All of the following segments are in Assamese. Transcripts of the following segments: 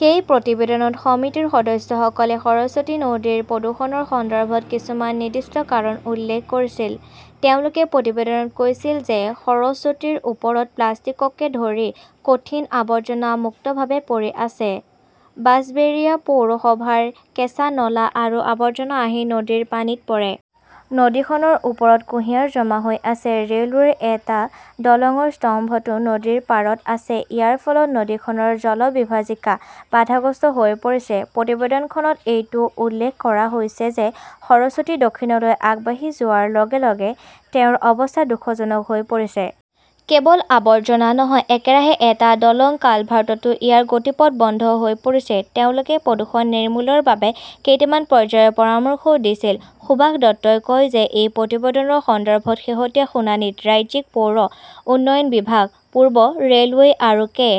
সেই প্ৰতিবেদনত সমিতিৰ সদস্যসকলে সৰস্বতী নদীৰ প্ৰদূষণৰ সন্দৰ্ভত কিছুমান নিৰ্দিষ্ট কাৰণ উল্লেখ কৰিছিল। তেওঁলোকে প্ৰতিবেদনত কৈছিল যে সৰস্বতীৰ ওপৰত প্লাষ্টিককে ধৰি কঠিন আৱৰ্জনা মুক্তভাৱে পৰি আছে। বাঁছবেৰিয়া পৌৰসভাৰ কেঁচা নলা আৰু আৱৰ্জনা আহি নদীৰ পানীত পৰে। নদীখনৰ ওপৰত কুঁহিয়াৰ জমা হৈ আছে। ৰে 'লৱেৰ এটা দলংৰ স্তম্ভটো নদীৰ পাৰত আছে। ইয়াৰ ফলত নদীখনৰ জলবিভাজিকা বাধাগ্ৰস্ত হৈ পৰিছে। প্ৰতিবেদনখনত এইটোও উল্লেখ কৰা হৈছে যে সৰস্বতী দক্ষিণলৈ আগবাঢ়ি যোৱাৰ লগে লগে তেওঁৰ অৱস্থা দুখজনক হৈ পৰিছে। কেৱল আৱৰ্জনা নহয়, একেৰাহে এটা দলং, কালভাৰ্টতো ইয়াৰ গতিপথ বন্ধ হৈ পৰিছে। তেওঁলোকে প্ৰদূষণ নিৰ্মূলৰ বাবে কেইটামান পৰ্যায়ৰ পৰামৰ্শও দিছিল। সুভাষ দত্তই কয় যে এই প্ৰতিবেদনৰ সন্দৰ্ভত শেহতীয়া শুনানিত ৰাজ্যিক পৌৰ উন্নয়ন বিভাগ, পূব ৰে "লৱে আৰু কে.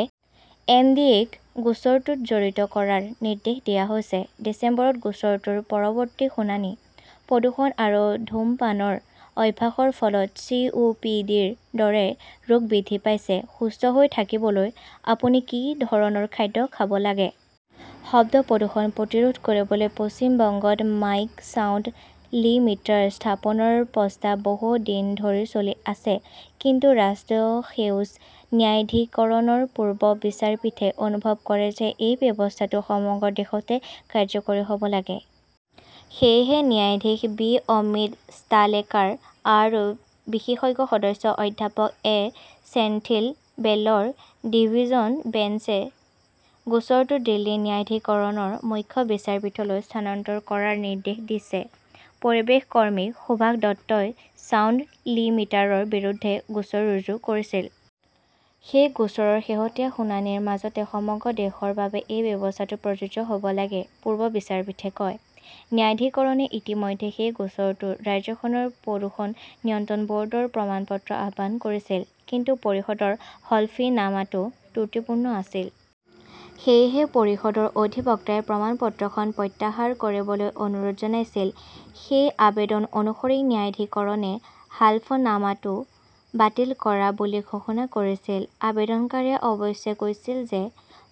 এম. ডি. এ. ক গোচৰটোত জড়িত কৰাৰ নিৰ্দেশ দিয়া হৈছে। ডিচেম্বৰত গোচৰটোৰ পৰৱৰ্তী শুনানি। প্ৰদূষণ আৰু ধূমপানৰ অভ্যাসৰ ফলত 'চি. ও. পি. ডি ". ৰ দৰে ৰোগ বৃদ্ধি পাইছে, সুস্থ হৈ থাকিবলৈ আপুনি কি ধৰণৰ খাদ্য খাব লাগে? শব্দ প্ৰদূষণ প্ৰতিৰোধ কৰিবলৈ পশ্চিম বংগত মাইক 'ছাউণ্ড লিমিটাৰ' স্থাপনৰ প্ৰস্তাৱ বহু দিন ধৰি চলি আছে। কিন্তু ৰাষ্ট্ৰীয় সেউজ ন্যায়াধিকৰণৰ পূব বিচাৰপীঠে অনুভৱ কৰে যে এই ব্যৱস্থাটো সমগ্ৰ দেশতে কাৰ্যকৰী হ 'ব লাগে। সেয়েহে ন্যায়াধীশ বি অমিত ষ্টালেকাৰ আৰু বিশেষজ্ঞ সদস্য অধ্যাপক এ ছেন্থিল বেলৰ ডিভিছন বেঞ্চে গোচৰটো দিল্লীৰ ন্যায়াধিকৰণৰ মুখ্য বিচাৰপীঠলৈ স্থানান্তৰ কৰাৰ নিৰ্দেশ দিছে। পৰিৱেশ কৰ্মী সুভাষ দত্তই ছাউণ্ড লিমিটাৰৰ বিৰুদ্ধে গোচৰ ৰুজু কৰিছিল। সেই গোচৰৰ শেহতীয়া শুনানিৰ মাজতে সমগ্ৰ দেশৰ বাবে এই ব্যৱস্থাটো প্ৰযোজ্য হ "ব লাগে, পূব বিচাৰপীঠে কয়। ন্যায়াধিকৰণে ইতিমধ্যে সেই গোচৰটোত ৰাজ্যখনৰ প্ৰদূষণ নিয়ন্ত্ৰণ ব "ৰ্ডৰ প্ৰমাণপত্ৰ আহ্বান কৰিছিল। কিন্তু পৰিষদৰ হলফনামাটো ত্ৰুটিপূৰ্ণ আছিল। সেয়েহে পৰিষদৰ অধিবক্তাই প্ৰমাণপত্ৰখন প্ৰত্যাহাৰ কৰিবলৈ অনুৰোধ জনাইছিল। সেই আবেদন অনুসৰি ন্যায়াধিকৰণে হলফনামাটো বাতিল কৰা বুলি ঘোষণা কৰিছিল। আবেদনকাৰীয়ে অৱশ্যে কৈছিল যে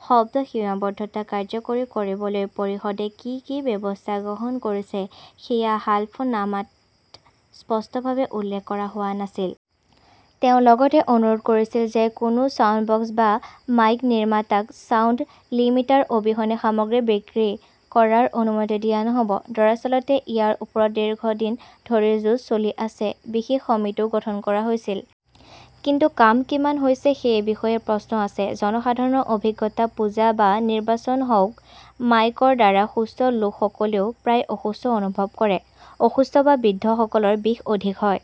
শব্দ সীমাবদ্ধতা কাৰ্যকৰী কৰিবলৈ পৰিষদে কি কি ব্যৱস্থা গ্ৰহণ কৰিছে সেয়া হলফনামাত স্পষ্টভাৱে উল্লেখ কৰা হোৱা নাছিল। তেওঁ লগতে অনুৰোধ কৰিছিল যে কোনো ছাউণ্ডবক্স বা মাইক নিৰ্মাতাক ছাউণ্ড লিমিটাৰ অবিহনে সামগ্ৰী বিক্ৰী কৰাৰ অনুমতি দিয়া নহ 'ব। দৰাচলতে, ইয়াৰ ওপৰত দীৰ্ঘদিন ধৰি যুঁজ চলি আছে। বিশেষ সমিতিও গঠন কৰা হৈছিল। কিন্তু কাম কিমান হৈছে সেই বিষয়ে প্ৰশ্ন আছে। জনসাধাৰণৰ অভিজ্ঞতা, পূজা বা নিৰ্বাচন হওক, মাইকৰ দ্বাৰা সুস্থ লোকসকলেও প্ৰায় অসুস্থ অনুভৱ কৰে। অসুস্থ বা বৃদ্ধসকলৰ বিষ অধিক হয়।